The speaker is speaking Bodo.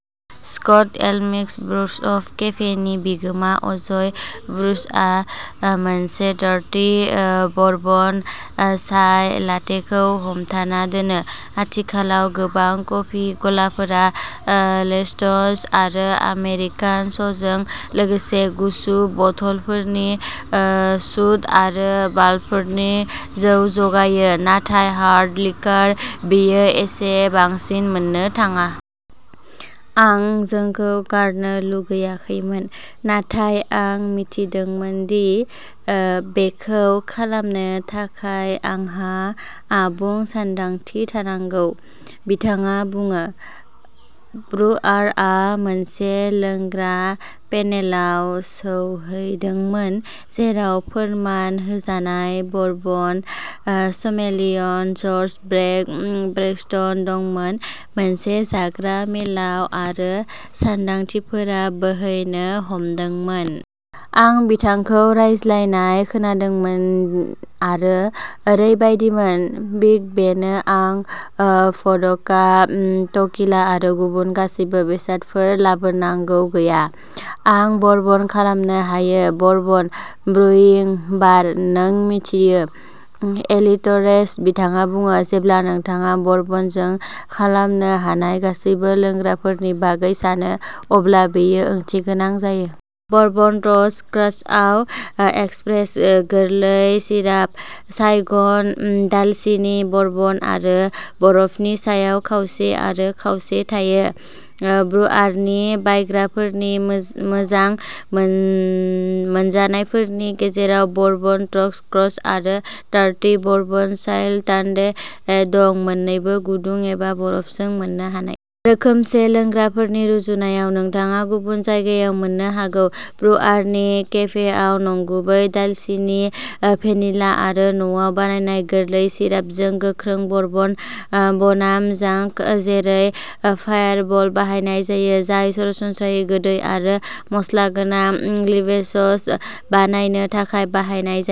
स्कट एल्मक्विस्ट ब्रुअर्स केफेनि बिगोमा अजय ब्रुअर्सआ मोनसे डार्टि बरबन चाइ लाटेखौ हमथाना दोनो। आथिखालाव, गोबां कफि गलाफोरा लेट्स आरो आमेरिकान'सजों लोगोसे गुसु बथलफोरनि सुड आरो बाल्बफोरनि जौ जगायो। नाथाय हार्ड लिकार? बेयो एसे बांसिन मोननो थाङा। "आं जौखौ गारनो लुगैयाखैमोन, नाथाय आं मिथिदोंमोन दि बेखौ खालामनो थाखाय आंहा आबुं सानदांथि थानांगौ", बिथाङा बुङो। ब्रुआरआ मोनसे लोंग्रा पेनेलाव सौहैदोंमोन जेराव फोरमान होजानाय bourbon sommelier George "Brake" Braxton दंमोन मोनसे जाग्रा मेलाव आरो सानदांथिफोरा बोहैनो हमदोंमोन। "आं बिथांखौ रायज्लायनाय खोनादोंमोन आरो ओरैबायदिमोनः बिंग': बेनो। आं भदका, टकीला आरो गुबुन गासैबो बेसादफोर लाबोनांगौ गैया। आं बरबन खालामनो हायो। बरबन। ब्रुइं। बार। नों मिथियो, एलितरेशन", बिथाङा बुङो। "जेब्ला नोंथाङा बरबनजों खालामनो हानाय गासैबो लोंग्राफोरनि बागै सानो, अब्ला बेयो ओंथिगोनां जायो। बरबन टस्ट क्रान्चआव एस्प्रेस', गोरलै सिराप, साइगन दालसिनि, बरबन आरो बरफनि सायाव खावसे आरो खावसे थायो। ब्रुआरनि बायग्राफोरनि मोजां मोनजानायफोरनि गेजेराव बरबन टस्ट क्रान्च आरो डार्टि बरबन चाइ लाटे दं, मोननैबो गुदुं एबा बरफजों मोननो हानाय। रोखोमसे लोंग्राफोरनि रुजुनायाव नोंथाङा गुबुन जायगायाव मोननो हागौ, ब्रुआरनि केफेआव नंगुबै दालसिनि, भेनिला आरो न'आव बानायनाय गोरलै सिरापजों गोख्रों बरबन बनाम जांक जेरै फायारबल बाहायनाय जायो, जाय सरासनस्रायै गोदै आरो मसलागोनां लिबेशन्स बानायनो थाखाय बाहायनाय जायो।